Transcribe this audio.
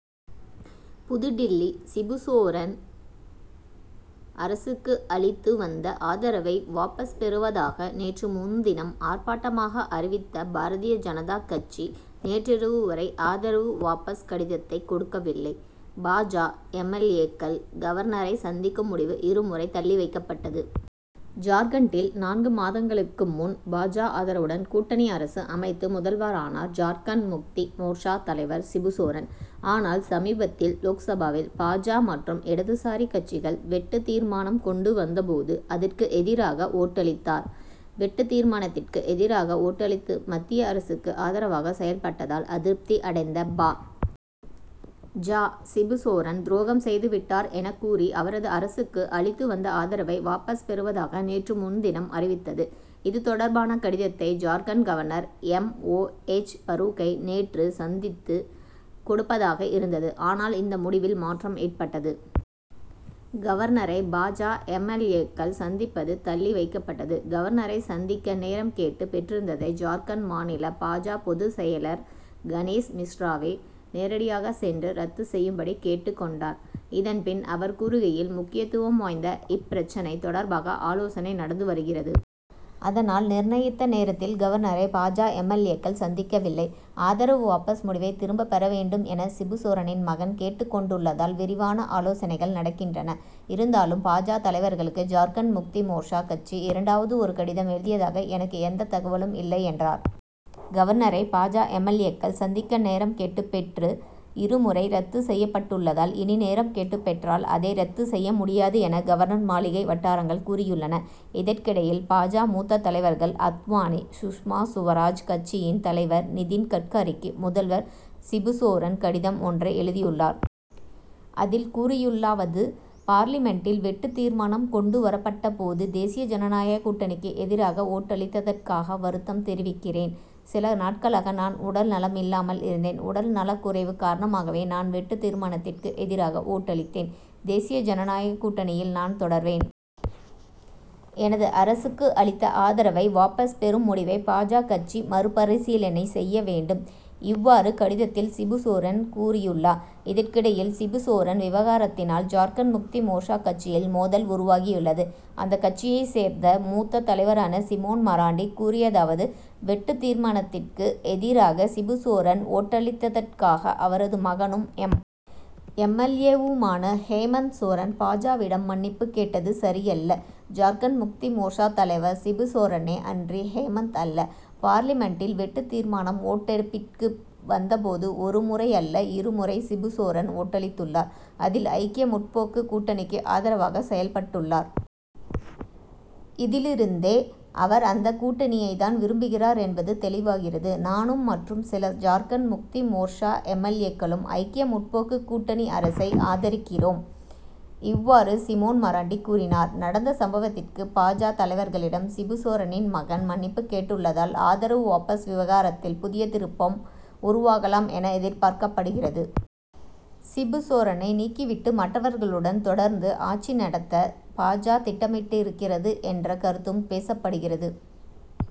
புதுடில்லி சிபுசோரன் அரசுக்கு அளித்து வந்த ஆதரவை வாபஸ் பெறுவதாக நேற்று முன்தினம் ஆர்ப்பாட்டமாக அறிவித்த பாரதிய ஜனதா கட்சி நேற்றிரவு வரை ஆதரவு வாபஸ் கடிதத்தை கொடுக்கவில்லை. பா. ஜ. எம். எல். ஏ.க்கள் கவர்னரை சந்திக்கும் முடிவு இரு முறை தள்ளி வைக்கப்பட்டது. ஜார்க்கண்டில் நான்கு மாதங்களுக்கு முன் பா. ஜ. ஆதரவுடன் கூட்டணி அரசு அமைத்து முதல்வரானார் ஜார்க்கண்ட் முக்தி மோர்ச்சா தலைவர் சிபுசோரன். ஆனால் சமீபத்தில் லோக்சபாவில் பா. ஜ. மற்றும் இடதுசாரி கட்சிகள் வெட்டுத் தீர்மானம் கொண்டு வந்த போது அதற்கு எதிராக ஓட்டளித்தார். வெட்டுத் தீர்மானத்திற்கு எதிராக ஓட்டளித்து மத்திய அரசுக்கு ஆதரவாக செயல்பட்டதால் அதிருப்தி அடைந்த பா. ஜ. சிபுசோரன் துரோகம் செய்து விட்டார் எனக் கூறி அவரது அரசுக்கு அளித்து வந்த ஆதரவை வாபஸ் பெறுவதாக நேற்று முன்தினம் அறிவித்தது. இது தொடர்பான கடிதத்தை Jharkhand governor M. O. H. பரூக்கை நேற்று சந்தித்து கொடுப்பதாக இருந்தது. ஆனால் இந்த முடிவில் மாற்றம் ஏற்பட்டது. கவர்னரை பா. ஜ. எம். எல். ஏ.க்கள் சந்திப்பது தள்ளி வைக்கப்பட்டது. கவர்னரை சந்திக்க நேரம் கேட்டுப் பெற்றிருந்ததை ஜார்க்கண்ட் மாநில பா. ஜ. பொதுச் செயலர் கணேஷ் மிஸ்ராவே நேரடியாக சென்று ரத்து செய்யும்படி கேட்டுக் கொண்டார். இதன்பின் அவர் கூறுகையில் முக்கியத்துவம் வாய்ந்த இப்பிரச்னை தொடர்பாக ஆலோசனை நடந்து வருகிறது. அதனால் நிர்ணயித்த நேரத்தில் கவர்னரை பா. ஜ. எம். எல். ஏ.க்கள் சந்திக்கவில்லை. ஆதரவு வாபஸ் முடிவை திரும்பப் பெற வேண்டும் என சிபுசோரனின் மகன் கேட்டுக் கொண்டுள்ளதால் விரிவான ஆலோசனைகள் நடக்கின்றன. இருந்தாலும் பா. ஜ. தலைவர்களுக்கு ஜார்க்கண்ட் முக்தி மோர்ச்சா கட்சி இரண்டாவது ஒரு கடிதம் எழுதியதாக எனக்கு எந்தத் தகவலும் இல்லை என்றார். கவர்னரை பா. ஜ. எம். எல். ஏ.க்கள் சந்திக்க நேரம் கேட்டு பெற்று இரு முறை ரத்து செய்யப்பட்டுள்ளதால் இனி நேரம் கேட்டு பெற்றால் அதை ரத்து செய்ய முடியாது என கவர்னர் மாளிகை வட்டாரங்கள் கூறியுள்ளன. இதற்கிடையில் பா. ஜ. மூத்த தலைவர்கள் அத்வானி சுஷ்மா சுவராஜ் கட்சியின் தலைவர் நிதின் கட்காரிக்கு முதல்வர் சிபுசோரன் கடிதம் ஒன்றை எழுதியுள்ளார். அதில் கூறியுள்ளதாவது பார்லிமென்டில் வெட்டுத் தீர்மானம் கொண்டு வரப்பட்ட போது தேசிய ஜனநாயக கூட்டணிக்கு எதிராக ஓட்டளித்ததற்காக வருத்தம் தெரிவிக்கிறேன். சில நாட்களாக நான் உடல் நலம் இல்லாமல் இருந்தேன். உடல் நலக்குறைவு காரணமாகவே நான் வெட்டுத் தீர்மானத்திற்கு எதிராக ஓட்டளித்தேன். தேசிய ஜனநாயக கூட்டணியில் நான் தொடர்வேன். எனது அரசுக்கு அளித்த ஆதரவை வாபஸ் பெறும் முடிவை பா. ஜ. கட்சி மறுபரிசீலனை செய்ய வேண்டும். இவ்வாறு கடிதத்தில் சிபுசோரன் கூறியுள்ளார். இதற்கிடையில் சிபுசோரன் விவகாரத்தினால் ஜார்க்கண்ட் முக்தி மோர்ச்சா கட்சியில் மோதல் உருவாகியுள்ளது. அந்தக் கட்சியைச் சேர்ந்த மூத்த தலைவரான சிமோன் மராண்டி கூறியதாவது வெட்டுத் தீர்மானத்திற்கு எதிராக சிபுசோரன் ஓட்டளித்ததற்காக அவரது மகனும் எம். எல். ஏ.வுமான ஹேமந்த் சோரன் பா. ஜ.விடம் மன்னிப்புக் கேட்டது சரியல்ல. ஜார்க்கண்ட் முக்தி மோர்ச்சா தலைவர் சிபுசோரனே அன்றி ஹேமந்த் அல்ல. பார்லிமென்டில் வெட்டுத் தீர்மானம் ஓட்டெடுப்பிற்கு வந்த போது ஒரு முறை அல்ல இரு முறை சிபுசோரன் ஓட்டளித்துள்ளார். அதில் ஐக்கிய முற்போக்கு கூட்டணிக்கு ஆதரவாக செயல்பட்டுள்ளார். இதிலிருந்தே அவர் அந்தக் கூட்டணியைத்தான் விரும்புகிறார் என்பது தெளிவாகிறது. நானும் மற்றும் சில ஜார்க்கண்ட் முக்தி மோர்ச்சா எம். எல். ஏ.க்களும் ஐக்கிய முற்போக்கு கூட்டணி அரசை ஆதரிக்கிறோம். இவ்வாறு சிமோன் மராண்டி கூறினார். நடந்த சம்பவத்திற்கு பா. ஜ. தலைவர்களிடம் சிபுசோரனின் மகன் மன்னிப்புக் கேட்டுள்ளதால் ஆதரவு வாபஸ் விவகாரத்தில் புதிய திருப்பம் உருவாகலாம் என எதிர்பார்க்கப்படுகிறது. சிபு சோரனை நீக்கி விட்டு மற்றவர்களுடன் தொடர்ந்து ஆட்சி நடத்த பா. ஜ. திட்டமிட்டிருக்கிறது என்ற கருத்தும் பேசப்படுகிறது.